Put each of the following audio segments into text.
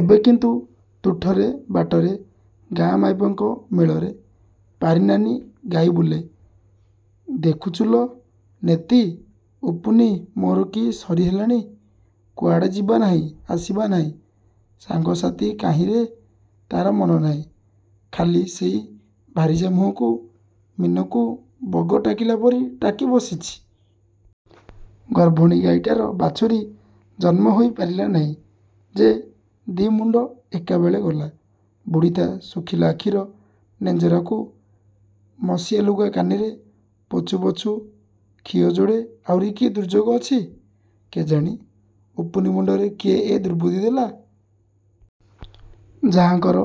ଏବେ କିନ୍ତୁ ତୁଠରେ, ବାଟରେ, ଗାଁ ମାଇପଙ୍କ ମେଳରେ ପାରି ନାନୀ ଗାଇ ବୁଲେ -। ଦେଖୁଚୁଲୋ ନେତୀ, ଉପୁନି ମୋର କି ସରି ହେଲାଣି, କୁଆଡ଼େ ଯିବା ନାହିଁ, ଆସିବା ନାହିଁ, ସାଙ୍ଗ ସାଥି କାହିଁରେ ତା'ର ମନ ନାହିଁ। ଖାଲି ସେଇ ଭାରିଜା ମୁହଁକୁ ମୀନକୁ ବଗ ଟାକିଲାପରି ଟାକି ବସିଛି। ଗର୍ଭଣୀ ଗାଈଟାର ବାଛୁରୀ ଜନ୍ମ ହୋଇ ପାରିଲା ନାହିଁ ଯେ, ଦି ମୁଣ୍ଡ ଏକାବେଳେ ଗଲା। ବୁଢ଼ୀ ତା' ଶୁଖିଲା ଆଖିର ନେଞ୍ଜରାକୁ ମସିଆ ଲୁଗା କାନିରେ ପୋଛୁ ପୋଛୁ ଖିଅ ଯୋଡ଼େ ଆହୁରି କି ଦୁର୍ଯୋଗ ଅଛି କେଜାଣି? ଉପୁନୀ ମୁଣ୍ଡରେ କିଏ ଏ ଦୁର୍ବୁଦ୍ଧି ଦେଲା? ଯାହାଙ୍କର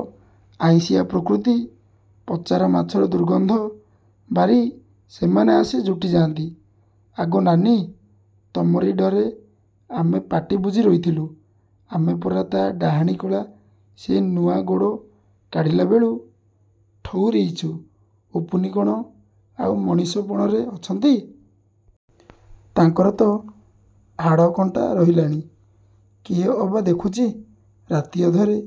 ଆଇଁସିଆ ପ୍ରକୃତି ପଚାମାଛର ଦୁର୍ଗନ୍ଧ ବାରି ସେମାନେ ଆସି ଯୁଟି ଯାଆନ୍ତି। ଆଗୋ ନାନୀ, ତମରି ଡରେ ଆମେ ପାଟି ବୁଜି ରହିଥିଲୁ। ଆମେ ପରା ତା' ଡାହାଣୀ କଳା ସେଇ ନୂଆ ଗୋଡ଼ କାଢ଼ିଲା ବେଳୁ ଠଉରେଇଛୁ। ଉପୁନି କ'ଣ ଆଉ ମଣିଷ ପଣରେ ଅଛନ୍ତି-। ତାଙ୍କର ତ ହାଡ଼ କଣ୍ଟା ରହିଲାଣି। କିଏ ଅବା ଦେଖୁଛି। ରାତି ଅଧରେ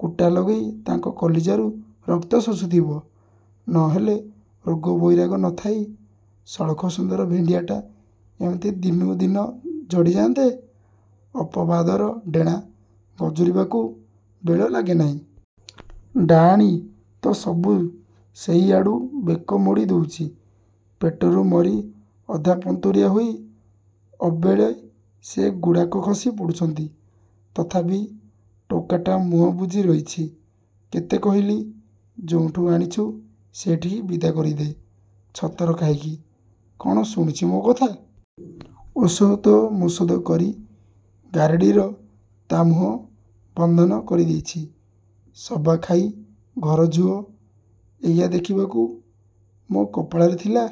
କୁଟା ଲଗେଇ ତାଙ୍କ କଲିଜାରୁ ରକ୍ତ ଶୋଷୁଥିବ। ନହେଲେ ରୋଗ, ବଇରାଗ ନଥାଇ ସଳଖ ସୁନ୍ଦର ଭେଣ୍ଡିଆଟା ଏମିତି ଦିନୁ ଦିନ ଝଡ଼ି ଯା'ନ୍ତେ? ଅପବାଦର ଡେଣା ଗଜୁରିବାକୁ ବେଳ ଲାଗେ ନାହିଁ। ଡାଆଣୀ ତ ସବୁ ସେହି ଆଡ଼ୁ ବେକ ମୋଡ଼ି ଦଉଚି। ପେଟରୁ ମରି ଅଧା ପନ୍ତୁରିଆ ହୋଇ ଅବେଳେ ସେ ଗୁଡ଼ାକ ଖସି ପଡ଼ୁଛନ୍ତି। ତଥାପି ଟୋକାଟା ମୁହଁ ବୁଜି ରହିଛି। କେତେ କହିଲି, ଯୋଉଁଠୁ ଆଣିଛୁ ସେଇଠିକି ବିଦା କରିଦେ, ଛତର ଖାଇକି। କ'ଣ ଶୁଣୁଛି ମୋ କଥା। ଓଷଦ ମୋଷଦ କରି ଗାରେଡ଼ିରେ ତା' ମୁହଁ ବନ୍ଧନ କରି ଦେଇଛି, ସବା ଖାଇ ଘର ଝୁଅ ଏଇଆ ଦେଖିବାକୁ ମୋ କପାଳରେ ଥିଲା।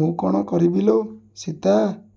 ମୁଁ କ'ଣ କରିବି ଲୋ! ସୀତା